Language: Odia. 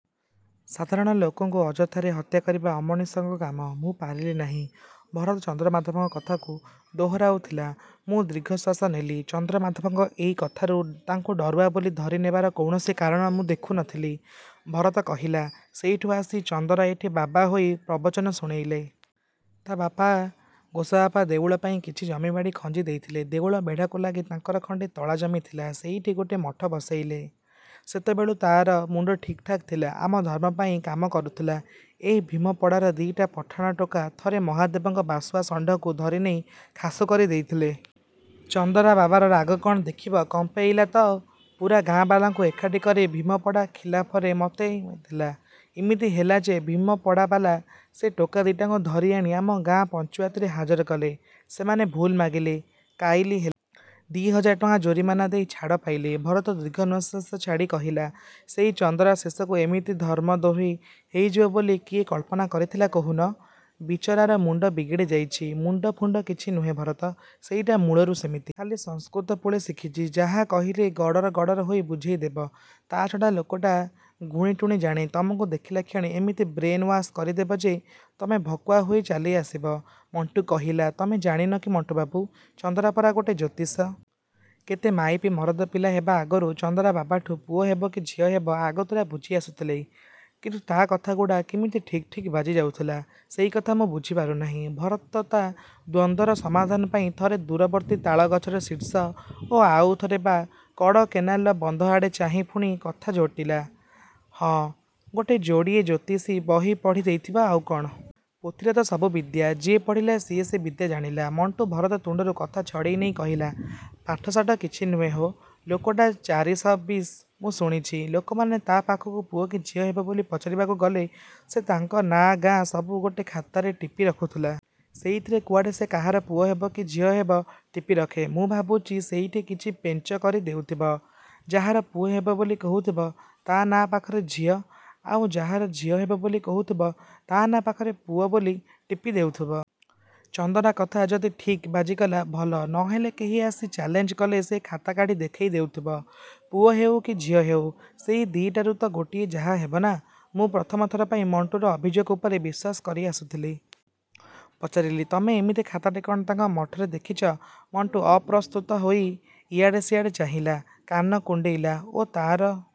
"ସାଧାରଣ ଲୋକଙ୍କୁ ଅଯଥାରେ ହତ୍ୟା କରିବା ଅମଣିଷଙ୍କ କାମ। ମୁଁ ପାରିଲି ନାହିଁ।" ଭରତ ଚନ୍ଦ୍ରମାଧବଙ୍କ କଥାକୁ ଦୋହରାଉଥିଲା। ମୁଁ ଦୀର୍ଘଶ୍ୱାସ ନେଲି। ଚନ୍ଦ୍ରମାଧବଙ୍କ ଏଇ କଥାରୁ ତାଙ୍କୁ ଡରୁଆ ବୋଲି ଧରି ନେବାର କୌଣସି କାରଣ ମୁଁ ଦେଖୁ ନଥିଲି। ଭରତ କହିଲା, "ସେଇଠୁ ଆସି ଚନ୍ଦରା ଏଠି ବାବା ହୋଇ ପ୍ରବଚନ ଶୁଣେଇଲା। ତା' ବାପା ଗୋସବାପା ଦେଉଳ ପାଇଁ କିଛି ଜମିବାଡ଼ି ଖଞ୍ଜି ଦେଇଥିଲେ। ଦେଉଳ ବେଢ଼ାକୁ ଲାଗି ତାଙ୍କର ଖଣ୍ଡେ ତଳା ଜମି ଥିଲା। ସେଇଠି ଗୋଟେ ମଠ ବସେଇଲା। ସେତେବେଳକୁ ତା'ର ମୁଣ୍ଡ ଠିକ୍‌ଠାକ୍ ଥିଲା। ଆମ ଧର୍ମ ପାଇଁ କାମ କରୁଥିଲା। ଏଇ ଭୀମପଡ଼ାର ଦି'ଟା ପଠାଣ ଟୋକା ଥରେ ମହାଦେବଙ୍କ ବାସୁଆ ଷଣ୍ଢକୁ ଧରିନେଇ ଖାସୁ କରି ଦେଇଥିଲେ। ଚନ୍ଦରା ବାବାର ରାଗ କ'ଣ ଦେଖିବ! କମ୍ପେଇଲା ତ! ପୂରା ଗାଁବାଲାଙ୍କୁ ଏକାଠି କରି ଭୀମପଡ଼ା ଖିଲାଫରେ ମତେଇ ଦେଲା। ଇମିତି ହେଲା ଯେ ଭୀମପଡ଼ାବାଲା ସେ ଟୋକା ଦି'ଟାଙ୍କୁ ଧରି ଆଣି ଆମ ଗାଁ ପଞ୍ଚୁଆତିରେ ହାଜର କଲେ। ସେମାନେ ଭୁଲ୍ ମାଗିଲେ, କାଇଲି ହେଲେ। ଦି' ହଜାର ଟଙ୍କା ଜୋରିମାନା ଦେଇ ଛାଡ଼ ପାଇଲେ।" ଭରତ ଦୀର୍ଘଶ୍ୱାସ ଛାଡ଼ି କହିଲା, "ସେଇ ଚନ୍ଦରା ଶେଷକୁ ଏମିତି ଧର୍ମଦ୍ରୋହୀ ହୋଇଯିବ ବୋଲି କିଏ କଳ୍ପନା କରିଥିଲା କହୁନ? ବିଚାରାର ମୁଣ୍ଡ ବିଗିଡ଼ି ଯାଇଛି।" "ମୁଣ୍ଡ ଫୁଣ୍ଡ କିଛି ନୁହେଁ ଭରତ। ସେଇଟା ମୂଳରୁ ସେମିତି। ଖାଲି ସଂସ୍କୃତ ପୁଳେ ଶିଖିଛି, ଯାହା କହିଲେ ଗଡ଼ର ଗଡ଼ର ହୋଇ ବୁଝେଇ ଦେବ। ତା'ଛଡ଼ା ଲୋକଟା ଗୁଣିଟୁଣି ଜାଣେ। ତମକୁ ଦେଖିଲାକ୍ଷଣି ଏମିତି ବ୍ରେନ୍ ୱାସ୍ କରିଦେବ ଯେ ତମେ ଭକୁଆ ହୋଇ ଚାଲି ଆସିବ।" ମଣ୍ଟୁ କହିଲା। "ତମେ ଜାଣିନ କି ମଣ୍ଟୁବାବୁ, ଚନ୍ଦରା ପରା ଗୋଟେ ଜ୍ୟୋତିଷ! କେତେ ମାଇପି ମରଦ ପିଲା ହେବା ଆଗରୁ ଚନ୍ଦରା ବାବାଠୁ ପୁଅ ହେବ କି ଝିଅ ହେବ ଆଗତୁରା ବୁଝି ଆସୁଥିଲେ। କିନ୍ତୁ ତା' କଥାଗୁଡ଼ା କିମିତି ଠିକ୍ ଠିକ୍ ବାଜି ଯାଉଥିଲା ସେଇକଥା ମୁଁ ବୁଝି ପାରୁନାହିଁ।" ଭରତ ତା' ଦ୍ୱନ୍ଦ୍ୱର ସମାଧାନ ପାଇଁ ଥରେ ଦୂରବର୍ତ୍ତୀ ତାଳଗଛର ଶୀର୍ଷ ଓ ଆଉଥରେ ବାଁ କଡ଼ କେନାଲର ବନ୍ଧ ଆଡ଼େ ଚାହିଁ ପୁଣି କଥା ଯୋଡ଼ିଲା, "ହଁ, ଗୋଟେ ଯୋଡ଼ିଏ ଜ୍ୟୋତିଷୀ ବହି ପଢ଼ି ଦେଇଥିବ ଆଉ କ'ଣ! ପୋଥିରେ ତ ସବୁ ବିଦ୍ୟା, ଯିଏ ପଢ଼ିଲା, ସିଏ ସେ ବିଦ୍ୟା ଜାଣିଲା।" ମଣ୍ଟୁ ଭରତ ତୁଣ୍ଡରୁ କଥା ଛଡ଼େଇ ନେଇ କହିଲା, "ପାଠଶାଠ କିଛି ନୁହେଁ ହୋ, ଲୋକଟା ଚାରିଶବିଶ୍। ମୁଁ ଶୁଣିଛି ଲୋକମାନେ ତା' ପାଖକୁ ପୁଅ କି ଝିଅ ହେବ ବୋଲି ପଚାରିବାକୁ ଗଲେ ସେ ତାଙ୍କ ନାଁ ଗାଁ ସବୁ ଗୋଟେ ଖାତାରେ ଟିପି ରଖୁଥିଲା। ସେଇଥିରେ କୁଆଡ଼େ ସେ କାହାର ପୁଅ ହେବ କି ଝିଅ ହେବ ଟିପି ରଖେ। ମୁଁ ଭାବୁଛି ସେଇଠି କିଛି ପେଞ୍ଚ କରି ଦେଉଥିବ। ଯାହାର ପୁଅ ହେବ ବୋଲି କହୁଥିବ, ତା' ନାଁ ପାଖରେ ଝିଅ, ଆଉ ଯାହାର ଝିଅ ହେବ ବୋଲି କହୁଥିବ, ତା' ନାଁ ପାଖରେ ପୁଅ ବୋଲି ଟିପି ଦେଉଥିବ। ଚନ୍ଦରା କଥା ଯଦି ଠିକ୍ ବାଜିଗଲା ଭଲ, ନହେଲେ କେହି ଆସି ଚ୍ୟାଲେଞ୍ଜ କଲେ ସେ ଖାତା କାଢ଼ି ଦେଖେଇ ଦେଉଥିବ। ପୁଅ ହେଉ କି ଝିଅ ହେଉ – ସେଇ ଦି'ଟାରୁ ତ ଗୋଟିଏ ଯାହା ହେବ ନା!" ମୁଁ ପ୍ରଥମ ଥର ପାଇଁ ମଣ୍ଟୁର ଅଭିଯୋଗ ଉପରେ ବିଶ୍ୱାସ କରି ଆସୁଥିଲି। ପଚାରିଲି, "ତମେ ଏମିତି ଖାତାଟେ କ'ଣ ତାଙ୍କ ମଠରେ ଦେଖିଛ?" ମଣ୍ଟୁ ଅପ୍ରସ୍ତୁତ ହୋଇ ଇଆଡ଼େ ସିଆଡ଼େ ଚାହିଁଲା। କାନ କୁଣ୍ଡେଇଲା ଓ ତା'ର ।